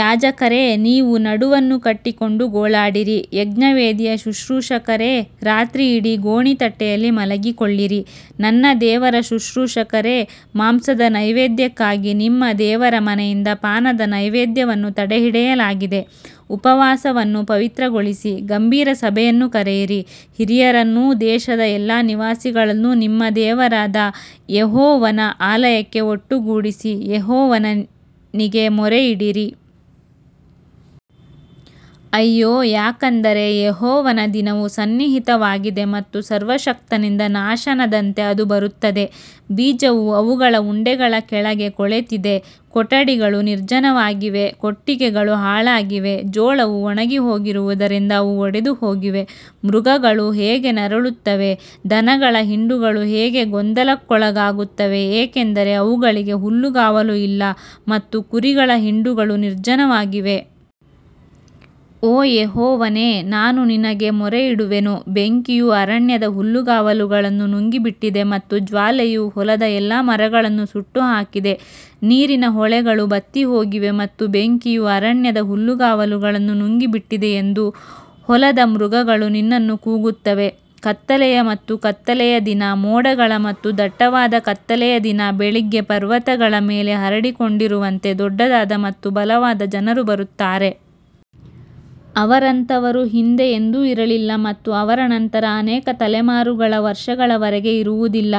ಯಾಜಕರೇ, ನೀವು ನಡುವನ್ನು ಕಟ್ಟಿಕೊಂಡು ಗೋಳಾಡಿರಿ, ಯಜ್ಞವೇದಿಯ ಶುಶ್ರೂಷಕರೇ, ರಾತ್ರಿಯಿಡೀ ಗೋಣಿತಟ್ಟೆಯಲ್ಲಿ ಮಲಗಿಕೊಳ್ಳಿರಿ, ನನ್ನ ದೇವರ ಶುಶ್ರೂಷಕರೇ, ಮಾಂಸದ ನೈವೇದ್ಯಕ್ಕಾಗಿ ನಿಮ್ಮ ದೇವರ ಮನೆಯಿಂದ ಪಾನದ ನೈವೇದ್ಯವನ್ನು ತಡೆಹಿಡಿಯಲಾಗಿದೆ. ಉಪವಾಸವನ್ನು ಪವಿತ್ರಗೊಳಿಸಿ, ಗಂಭೀರ ಸಭೆಯನ್ನು ಕರೆಯಿರಿ, ಹಿರಿಯರನ್ನೂ ದೇಶದ ಎಲ್ಲಾ ನಿವಾಸಿಗಳನ್ನೂ ನಿಮ್ಮ ದೇವರಾದ ಯೆಹೋವನ ಆಲಯಕ್ಕೆ ಒಟ್ಟುಗೂಡಿಸಿ, ಯೆಹೋವನಿಗೆ ಮೊರೆಯಿಡಿರಿ. ಅಯ್ಯೋ, ಯಾಕಂದರೆ ಯೆಹೋವನ ದಿನವು ಸನ್ನಿಹಿತವಾಗಿದೆ ಮತ್ತು ಸರ್ವಶಕ್ತನಿಂದ ನಾಶನದಂತೆ ಅದು ಬರುತ್ತದೆ. ಬೀಜವು ಅವುಗಳ ಉಂಡೆಗಳ ಕೆಳಗೆ ಕೊಳೆತಿದೆ, ಕೊಠಡಿಗಳು ನಿರ್ಜನವಾಗಿವೆ, ಕೊಟ್ಟಿಗೆಗಳು ಹಾಳಾಗಿವೆ, ಜೋಳವು ಒಣಗಿಹೋಗಿರುವುದರಿಂದ ಅವು ಒಡೆದುಹೋಗಿವೆ. ಮೃಗಗಳು ಹೇಗೆ ನರಳುತ್ತವೆ, ದನಗಳ ಹಿಂಡುಗಳು ಹೇಗೆ ಗೊಂದಲಕ್ಕೊಳಗಾಗುತ್ತವೆ, ಏಕೆಂದರೆ ಅವುಗಳಿಗೆ ಹುಲ್ಲುಗಾವಲು ಇಲ್ಲ, ಮತ್ತು ಕುರಿಗಳ ಹಿಂಡುಗಳು ನಿರ್ಜನವಾಗಿವೆ. ಓ ಯೆಹೋವನೇ, ನಾನು ನಿನಗೆ ಮೊರೆಯಿಡುವೆನು, ಬೆಂಕಿಯು ಅರಣ್ಯದ ಹುಲ್ಲುಗಾವಲುಗಳನ್ನು ನುಂಗಿಬಿಟ್ಟಿದೆ ಮತ್ತು ಜ್ವಾಲೆಯು ಹೊಲದ ಎಲ್ಲಾ ಮರಗಳನ್ನು ಸುಟ್ಟುಹಾಕಿದೆ. ನೀರಿನ ಹೊಳೆಗಳು ಬತ್ತಿಹೋಗಿವೆ ಮತ್ತು ಬೆಂಕಿಯು ಅರಣ್ಯದ ಹುಲ್ಲುಗಾವಲುಗಳನ್ನು ನುಂಗಿಬಿಟ್ಟಿದೆ ಎಂದು ಹೊಲದ ಮೃಗಗಳು ನಿನ್ನನ್ನು ಕೂಗುತ್ತವೆ. ಕತ್ತಲೆಯ ಮತ್ತು ಕತ್ತಲೆಯ ದಿನ, ಮೋಡಗಳ ಮತ್ತು ದಟ್ಟವಾದ ಕತ್ತಲೆಯ ದಿನ, ಬೆಳಿಗ್ಗೆ ಪರ್ವತಗಳ ಮೇಲೆ ಹರಡಿಕೊಂಡಿರುವಂತೆ ದೊಡ್ಡದಾದ ಮತ್ತು ಬಲವಾದ ಜನರು ಬರುತ್ತಾರೆ. ಅವರಂತವರು ಹಿಂದೆ ಎಂದೂ ಇರಲಿಲ್ಲ ಮತ್ತು ಅವರ ನಂತರ ಅನೇಕ ತಲೆಮಾರುಗಳ ವರ್ಷಗಳವರೆಗೆ ಇರುವುದಿಲ್ಲ.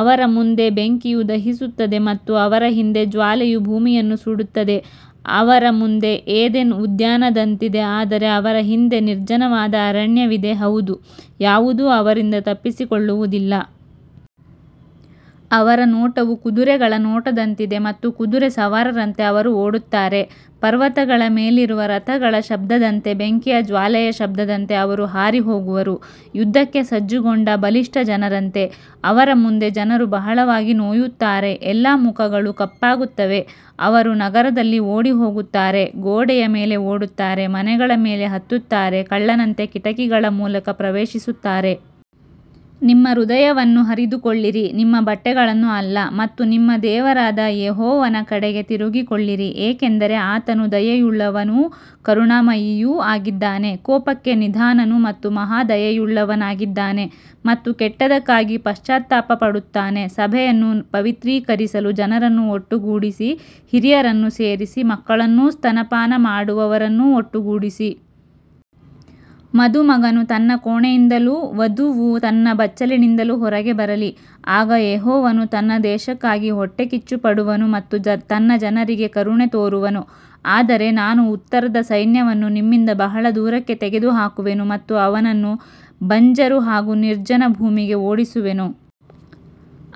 ಅವರ ಮುಂದೆ ಬೆಂಕಿಯು ದಹಿಸುತ್ತದೆ ಮತ್ತು ಅವರ ಹಿಂದೆ ಜ್ವಾಲೆಯು ಭೂಮಿಯನ್ನು ಸುಡುತ್ತದೆ. ಅವರ ಮುಂದೆ ಏದೆನ್ ಉದ್ಯಾನದಂತಿದೆ, ಆದರೆ ಅವರ ಹಿಂದೆ ನಿರ್ಜನವಾದ ಅರಣ್ಯವಿದೆ, ಹೌದು, ಯಾವುದೂ ಅವರಿಂದ ತಪ್ಪಿಸಿಕೊಳ್ಳುವುದಿಲ್ಲ. ಅವರ ನೋಟವು ಕುದುರೆಗಳ ನೋಟದಂತಿದೆ ಮತ್ತು ಕುದುರೆ ಸವಾರರಂತೆ ಅವರು ಓಡುತ್ತಾರೆ. ಪರ್ವತಗಳ ಮೇಲಿರುವ ರಥಗಳ ಶಬ್ದದಂತೆ, ಬೆಂಕಿಯ ಜ್ವಾಲೆಯ ಶಬ್ದದಂತೆ ಅವರು ಹಾರಿಹೋಗುವರು, ಯುದ್ಧಕ್ಕೆ ಸಜ್ಜುಗೊಂಡ ಬಲಿಷ್ಠ ಜನರಂತೆ. ಅವರ ಮುಂದೆ ಜನರು ಬಹಳವಾಗಿ ನೋಯುತ್ತಾರೆ, ಎಲ್ಲಾ ಮುಖಗಳು ಕಪ್ಪಾಗುತ್ತವೆ. ಅವರು ನಗರದಲ್ಲಿ ಓಡಿಹೋಗುತ್ತಾರೆ, ಗೋಡೆಯ ಮೇಲೆ ಓಡುತ್ತಾರೆ, ಮನೆಗಳ ಮೇಲೆ ಹತ್ತುತ್ತಾರೆ, ಕಳ್ಳನಂತೆ ಕಿಟಕಿಗಳ ಮೂಲಕ ಪ್ರವೇಶಿಸುತ್ತಾರೆ. ನಿಮ್ಮ ಹೃದಯವನ್ನು ಹರಿದುಕೊಳ್ಳಿರಿ, ನಿಮ್ಮ ಬಟ್ಟೆಗಳನ್ನು ಅಲ್ಲ, ಮತ್ತು ನಿಮ್ಮ ದೇವರಾದ ಯೆಹೋವನ ಕಡೆಗೆ ತಿರುಗಿಕೊಳ್ಳಿರಿ, ಏಕೆಂದರೆ ಆತನು ದಯೆಯುಳ್ಳವನೂ ಕರುಣಾಮಯಿಯೂ ಆಗಿದ್ದಾನೆ, ಕೋಪಕ್ಕೆ ನಿಧಾನನು ಮತ್ತು ಮಹಾ ದಯೆಯುಳ್ಳವನಾಗಿದ್ದಾನೆ, ಮತ್ತು ಕೆಟ್ಟದ್ದಕ್ಕಾಗಿ ಪಶ್ಚಾತ್ತಾಪಪಡುತ್ತಾನೆ. ಸಭೆಯನ್ನು ಪವಿತ್ರೀಕರಿಸಲು ಜನರನ್ನು ಒಟ್ಟುಗೂಡಿಸಿ, ಹಿರಿಯರನ್ನು ಸೇರಿಸಿ, ಮಕ್ಕಳನ್ನೂ ಸ್ತನಪಾನ ಮಾಡುವವರನ್ನೂ ಒಟ್ಟುಗೂಡಿಸಿ. ಮದುಮಗನು ತನ್ನ ಕೋಣೆಯಿಂದಲೂ ವಧುವು ತನ್ನ ಬಚ್ಚಲಿನಿಂದಲೂ ಹೊರಗೆ ಬರಲಿ. ಆಗ ಯೆಹೋವನು ತನ್ನ ದೇಶಕ್ಕಾಗಿ ಹೊಟ್ಟೆಕಿಚ್ಚುಪಡುವನು ಮತ್ತು ತನ್ನ ಜನರಿಗೆ ಕರುಣೆ ತೋರುವನು. ಆದರೆ ನಾನು ಉತ್ತರದ ಸೈನ್ಯವನ್ನು ನಿಮ್ಮಿಂದ ಬಹಳ ದೂರಕ್ಕೆ ತೆಗೆದುಹಾಕುವೆನು ಮತ್ತು ಅವನನ್ನು ಬಂಜರು ಹಾಗೂ ನಿರ್ಜನ ಭೂಮಿಗೆ ಓಡಿಸುವೆನು.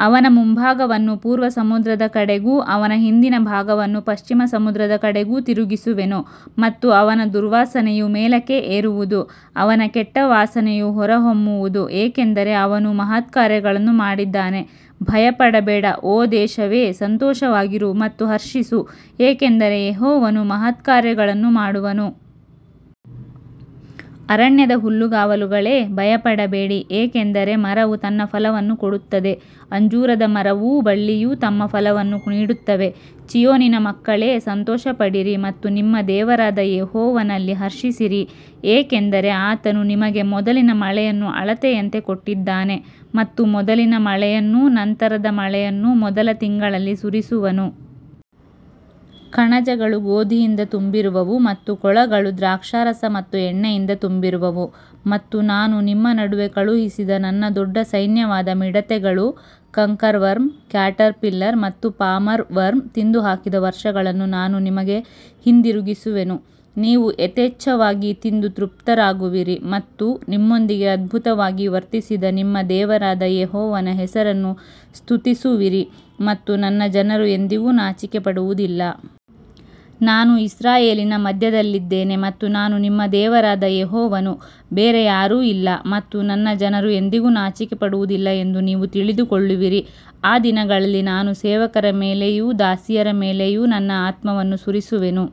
ಅವನ ಮುಂಭಾಗವನ್ನು ಪೂರ್ವ ಸಮುದ್ರದ ಕಡೆಗೂ ಅವನ ಹಿಂದಿನ ಭಾಗವನ್ನು ಪಶ್ಚಿಮ ಸಮುದ್ರದ ಕಡೆಗೂ ತಿರುಗಿಸುವೆನು, ಮತ್ತು ಅವನ ದುರ್ವಾಸನೆಯು ಮೇಲಕ್ಕೆ ಏರುವುದು, ಅವನ ಕೆಟ್ಟ ವಾಸನೆಯು ಹೊರಹೊಮ್ಮುವುದು, ಏಕೆಂದರೆ ಅವನು ಮಹತ್ಕಾರ್ಯಗಳನ್ನು ಮಾಡಿದ್ದಾನೆ. ಭಯಪಡಬೇಡ, ಓ ದೇಶವೇ, ಸಂತೋಷವಾಗಿರು ಮತ್ತು ಹರ್ಷಿಸು, ಏಕೆಂದರೆ ಯೆಹೋವನು ಮಹತ್ಕಾರ್ಯಗಳನ್ನು ಮಾಡುವನು. ಅರಣ್ಯದ ಹುಲ್ಲುಗಾವಲುಗಳೇ, ಭಯಪಡಬೇಡಿ, ಏಕೆಂದರೆ ಮರವು ತನ್ನ ಫಲವನ್ನು ಕೊಡುತ್ತದೆ, ಅಂಜೂರದ ಮರವೂ ಬಳ್ಳಿಯೂ ತಮ್ಮ ಫಲವನ್ನು ನೀಡುತ್ತವೆ. ಚೀಯೋನಿನ ಮಕ್ಕಳೇ, ಸಂತೋಷಪಡಿರಿ ಮತ್ತು ನಿಮ್ಮ ದೇವರಾದ ಯೆಹೋವನಲ್ಲಿ ಹರ್ಷಿಸಿರಿ, ಏಕೆಂದರೆ ಆತನು ನಿಮಗೆ ಮೊದಲಿನ ಮಳೆಯನ್ನು ಅಳತೆಯಂತೆ ಕೊಟ್ಟಿದ್ದಾನೆ ಮತ್ತು ಮೊದಲಿನ ಮಳೆಯನ್ನೂ ನಂತರದ ಮಳೆಯನ್ನೂ ಮೊದಲ ತಿಂಗಳಲ್ಲಿ ಸುರಿಸುವನು. ಕಣಜಗಳು ಗೋಧಿಯಿಂದ ತುಂಬಿರುವವು ಮತ್ತು ಕೊಳಗಳು ದ್ರಾಕ್ಷಾರಸ ಮತ್ತು ಎಣ್ಣೆಯಿಂದ ತುಂಬಿರುವವು. ಮತ್ತು ನಾನು ನಿಮ್ಮ ನಡುವೆ ಕಳುಹಿಸಿದ ನನ್ನ ದೊಡ್ಡ ಸೈನ್ಯವಾದ ಮಿಡತೆಗಳು, ಕಂಕರ್ವರ್ಮ್, ಕ್ಯಾಟರ್ಪಿಲ್ಲರ್ ಮತ್ತು ಪಾಮರ್ ವರ್ಮ್ ತಿಂದುಹಾಕಿದ ವರ್ಷಗಳನ್ನು ನಾನು ನಿಮಗೆ ಹಿಂದಿರುಗಿಸುವೆನು. ನೀವು ಯಥೇಚ್ಛವಾಗಿ ತಿಂದು ತೃಪ್ತರಾಗುವಿರಿ ಮತ್ತು ನಿಮ್ಮೊಂದಿಗೆ ಅದ್ಭುತವಾಗಿ ವರ್ತಿಸಿದ ನಿಮ್ಮ ದೇವರಾದ ಯೆಹೋವನ ಹೆಸರನ್ನು ಸ್ತುತಿಸುವಿರಿ, ಮತ್ತು ನನ್ನ ಜನರು ಎಂದಿಗೂ ನಾಚಿಕೆಪಡುವುದಿಲ್ಲ. ನಾನು ಇಸ್ರಾಯೇಲಿನ ಮಧ್ಯದಲ್ಲಿದ್ದೇನೆ ಮತ್ತು ನಾನು ನಿಮ್ಮ ದೇವರಾದ ಯೆಹೋವನು, ಬೇರೆ ಯಾರೂ ಇಲ್ಲ, ಮತ್ತು ನನ್ನ ಜನರು ಎಂದಿಗೂ ನಾಚಿಕೆಪಡುವುದಿಲ್ಲ ಎಂದು ನೀವು ತಿಳಿದುಕೊಳ್ಳುವಿರಿ. ಆ ದಿನಗಳಲ್ಲಿ ನಾನು ಸೇವಕರ ಮೇಲೆಯೂ ದಾಸಿಯರ ಮೇಲೆಯೂ ನನ್ನ ಆತ್ಮವನ್ನು ಸುರಿಸುವೆನು.